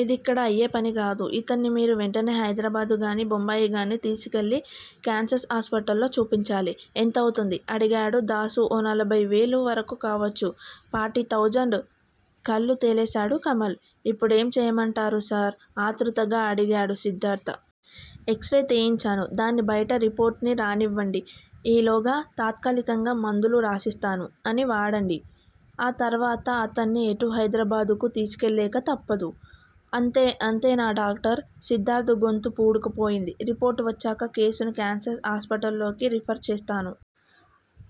ఇది ఇక్కడ అయ్యే పని కాదు, ఇతన్ని మీరు వెంటనే హైదరాబాదుగానీ, బొంబాయిగానీ తీసుకెళ్ళి క్యాన్సర్ హాస్పిటల్లో చూపించాలి. ఎంతవుతుంది? అడిగాడు దాసు ఓ నలభై వేల వరకూ కావచ్చు! Forty thousand! కళ్ళు తేలేశాడు కమల్. ఇప్పుడేం చేయమంటారు సార్? ఆతృతగా అడిగాడు సిద్ధార్థ. X ray తీయించాను. దాన్ని బయట రిపోర్టునీ రానివ్వండి. ఈలోగా తాత్కాలికంగా మందులు రాసిస్తాను. అని వాడండి. ఆ తర్వాత అతన్ని ఎటూ హైదరాబాదుకు తీసుకెళ్ళక తప్పదు. అంతేనా డాక్టర్? సిద్ధార్థ గొంతు పూడుకుపోయింది. రిపోర్టు వచ్చాక, కేసుని క్యాన్సర్ హాస్పిటల్ కి రిఫర్ చేస్తాను.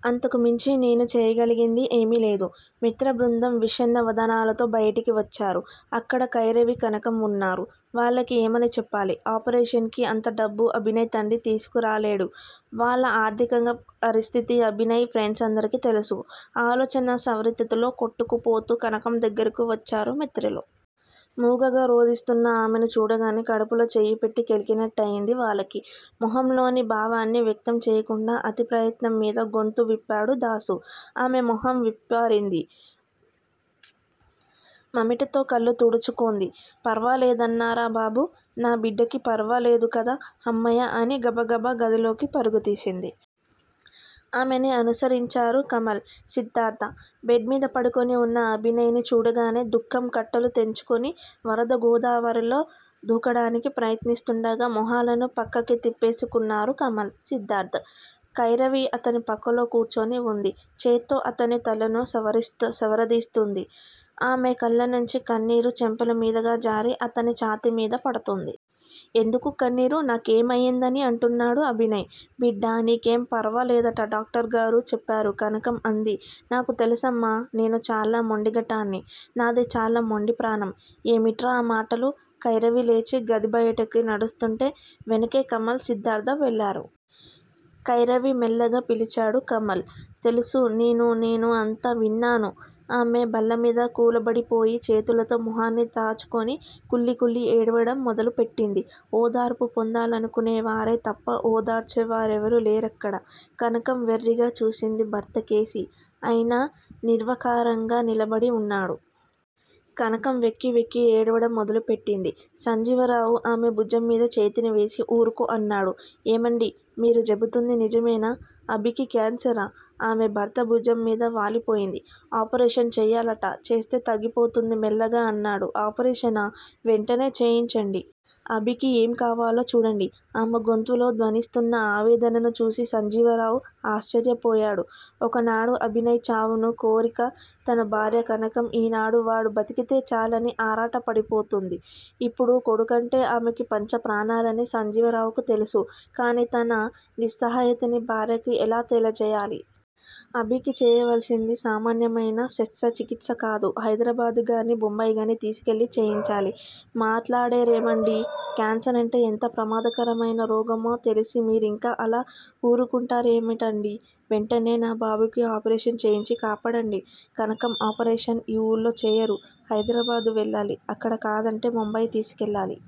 అంతకుమించి నేను చేయగలిగింది ఏమీలేదు. మిత్రబృందం విషణ్ణ వదనాలతో బయటకి వచ్చారు. అక్కడ కైరవి, కనకం వున్నారు. వాళ్ళకి ఏమని చెప్పాలి. ఆపరేషన్ కి అంతడబ్బు అభినయ్ తండ్రి తీసుకురాలేడు. వాళ్ళ ఆర్థిక పరిస్థితి అభినయ్ ఫ్రెండ్సందరికీ తెలుసు. ఆలోచనా స్రవంతిలో కొట్టుకుపోతూ కనకం దగ్గరగా వచ్చారు మిత్రులు. మూగగా రోధిస్తున్న ఆమెని చూడగానే కడుపులో చెయ్యి పెట్టి కెలికినట్టయ్యింది వాళ్ళకి. మొహంలోని భావాన్ని వ్యక్తం చేయకుండా అతి ప్రయత్నం మీద గొంతు విప్పాడు దాసు. ఆమె మొహం విప్పారింది. పమిటతో కళ్ళు తుడుచుకొంది. పర్వాలేదన్నారా బాబూ? నా బిడ్డకి పర్వాలేదు కదా? హమ్మయ్య అని గబగబా గదిలోకి పరుగుదీసింది. ఆమెని అనుసరించారు కమల్, సిద్ధార్థ. బెడ్ మీద పడుకొని వున్న అభినయ్ ని చూడగానే దుఃఖం కట్టలు తెంచుకొని వరద గోదావరిలో దూకడానికి ప్రయత్నిస్తుండగా మొహాలని పక్కకి తిప్పేసుకొన్నారు కమల్, సిద్ధార్థ. కైరవి అతని పక్కలో కూర్చుని వుంది. చేత్తో అతని తలని సవరదీస్తోంది. ఆమె కళ్ళనించి కన్నీరు చెంపల మీదుగా జారి అతని ఛాతీ మీద పడుతోంది. ఎందుకు కన్నీరు! నా కేమయిందని? అంటున్నాడు అభినయ్. బిడ్డా! నీకేం పర్వాలేదట డాక్టరుగారు చెప్పారు కనకం అంది. నాకు తెలుసమ్మా! నేను చాలా మొండిఘటాన్ని. నాది చాలా మొండి ప్రాణం. ఏమిట్రా ఆ మాటలు? కైరవి లేచి గది బయటకి నడుస్తుంటే వెనుకే కమల్, సిద్ధార్థ వెళ్ళారు. కైరవి! మెల్లగా పిలిచాడు కమల్. తెలుసు నేను నేను అంతా విన్నాను ఆమె బల్లమీద కూలబడిపోయి చేతులతో మొహాన్ని దాచుకొని కుళ్ళి కుళ్ళి ఏడవడం మొదలు పెట్టింది. ఓదార్పు పొందాలనుకొనే వారే తప్ప ఓదార్చేవారెవరూ లేరక్కడ. కనకం వెర్రిగా చూసింది భర్తకేసి. ఆయన నిర్వికారంగా నిలబడి వున్నాడు. కనకం వెక్కి వెక్కి ఏడవడం మొదలు పెట్టింది. సంజీవరావు ఆమె భుజం మీద చేతిని వేసి ఊరుకో! అన్నాడు. ఏమండీ! మీరు చెబుతోంది నిజమేనా? అభికి క్యాన్సరా! ఆమె భర్త భుజం మీద వాలిపోయింది. ఆపరేషన్ చెయ్యాలట. చేస్తే తగ్గిపోతుంది మెల్లగా అన్నాడు. ఆపరేషనా? వెంటనే చేయించండి. అభికి ఏం కావాలో చూడండి. ఆమె గొంతులో ధ్వనిస్తోన్న ఆవేదనని చూసి సంజీవరావు ఆశ్చర్యపోయాడు. ఒకనాడు అభినయ్ చావుని కోరిక తన భార్య కనకం ఈనాడు వాడు బతికితే చాలని ఆరాట పడిపోతోంది. ఇప్పుడు కొడుకంటే ఆమెకి పంచప్రాణాలని సంజీవరావుకి తెలుసు. కానీ తన నిస్సహాయతని భార్యకి ఎలా తెలియజేయాలి? అభీకి చేయవలసింది సామాన్యమైన శస్త్రచికిత్సకాదు హైదరాబాదుగానీ, బొంబాయిగానీ తీసుకెళ్ళి చేయించాలి. మాట్లాడరేమండీ! క్యాన్సరంటే ఎంత ప్రమాదకరమైన రోగమో తెలిసే మీరింకా అలా ఊరుకొంటారేమిటండీ? వెంటనే నా బాబుకి ఆపరేషన్ చేయించి కాపాడండి. కనకం ఆపరేషన్ ఈఊళ్ళో చేయరు. హైదరాబాదు వెళ్ళాలి. అక్కడ కాదంటే బొంబాయి తీసుకెళ్ళాలి.